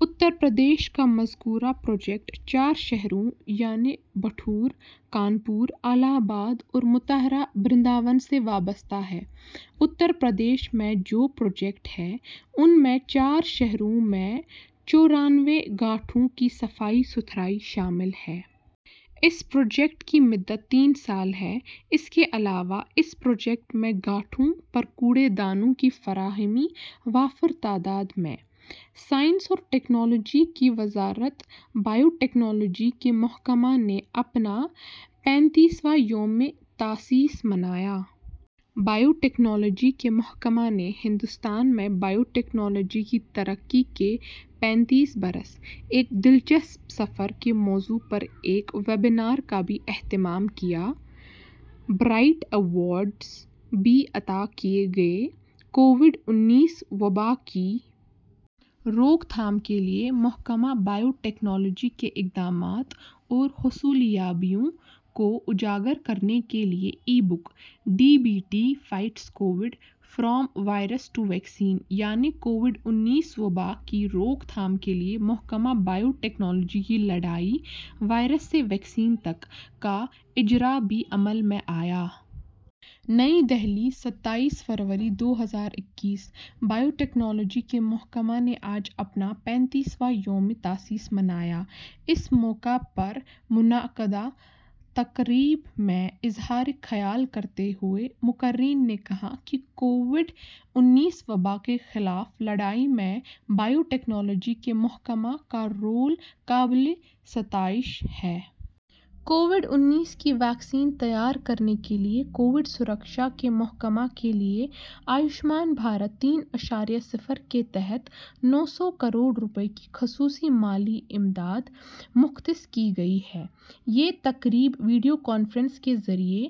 اترپردیش کا مذکورہ پروجیکٹ چار شہروں یعنی بٹھور، کانپور، الہ آباد اور متھرا-برنداون سے وابستہ ہے۔ اترپردیش میں جو پروجیکٹ ہیں، ان میں چار شہروں میں چورانوے گھاٹوں کی صفائی ستھرائی شامل ہے۔ اس پروجیکٹ کی مدت تین سال ہے۔ اس کے علاوہ اس پروجیکٹ میں گھاٹوں پر کوڑے دانوں کی فراہمی وافر تعداد میں۔ سائنس اور ٹیکنالوجی کی وزارت بایوٹکنالوجی کے محکمہ نے اپنا پینتیس واں یومِ تاسیس منایا۔ بایوٹکنالوجی کے محکمہ نے "ہندوستان میں بایوٹکنالوجی کی ترقی کے پینتیس برس، ایک دلچسپ سفر" کے موضوع پر ایک ویبینار کا بھی اہتمام کیا۔ برائٹ ایوارڈز بھی عطا کیے گئے۔ کووڈ-انیس وبا کی روک تھام کے لیے محکمہ بایوٹکنالوجی کے اقدامات اور حصولیابیوں کو اجاگر کرنے کے لیے ebook "D B T fights covid, from virus to vaccine", یعنی کووڈ-انیس وبا کی روک تھام کے لیے محکمہ بایوٹکنالوجی کی لڑائی، وائرس سے ویکسین تک، کا اجرا بھی عمل میں آیا۔ نئی دہلی، ستائیس فروری دو ہزار اکیس: بایوٹکنالوجی کے محکمہ نے آج اپنا پینتیس واں یومِ تاسیس منایا۔ اس موقع پر منعقدہ تقریب میں اظہارِ خیال کرتے ہوئے مقررین نے کہا کہ "کووڈ-انیس وبا کے خلاف لڑائی میں بایوٹکنالوجی کے محکمہ کا رول قابلِ ستائش ہے۔" کووڈ انیس کی ویکسین تیار کرنے کے لیے کووڈ-سرکشا کے محکمہ کے لیے آیوشمان بھارت تین اعشاریہ صفر کے تحت نو سو کروڑ روپے کی خصوصی مالی امداد مختص کی گئی ہے۔ یہ تقریب ویڈیو کانفرنسنگ کے ذریعے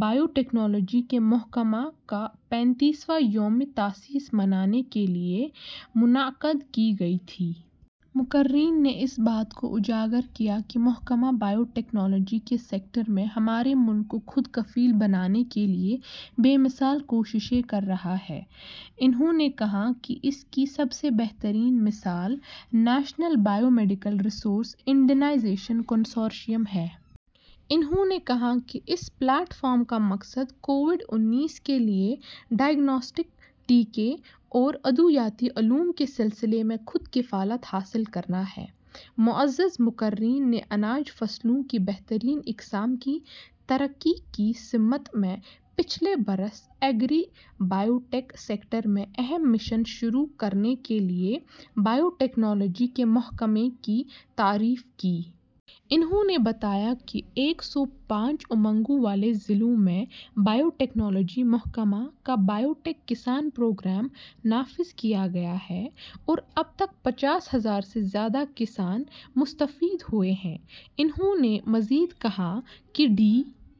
بایوٹکنالوجی کے محکمہ کا پینتیس واں یومِ تاسیس منانے کے لیے منعقد کی گئی تھی۔ مقررین نے اس بات کو اجاگر کیا کہ محکمہ بایوٹکنالوجی کے سیکٹر میں ہمارے ملک کو خود کفیل بنانے کے لیے بے مثال کوششیں کر رہا ہے۔ انہوں نے کہا کہ اس کی سب سے بہترین مثال "national biomedical resource indigenization consortium" ہے۔ انہوں نے کہا کہ "اس پلیٹ فارم کا مقصد کووڈ-انیس کے لیے ڈائگنوسٹک، ٹیکے اور ادویاتی علوم کے سلسلے میں خود کفالت حاصل کرنا ہے۔" معزز مقررین نے اناج فصلوں کی بہترین اقسام کی ترقی کی سمت میں پچھلے برس ایگری-بایوٹیک سیکٹر میں اہم مشن شروع کرنے کے لیے بایوٹکنالوجی کے محکمہ کی تعریف کی۔ انہوں نے بتایا کہ "ایک سو پانچ امنگوں والے ضلعوں میں بایوٹکنالوجی محکمہ کا بایوٹیک کسان پروگرام نافذ کیا گیا ہے اور اب تک پچاس ہزار سے زیادہ کسان مستفید ہوئے ہیں۔" انہوں نے مزید کہا کہ "ڈی...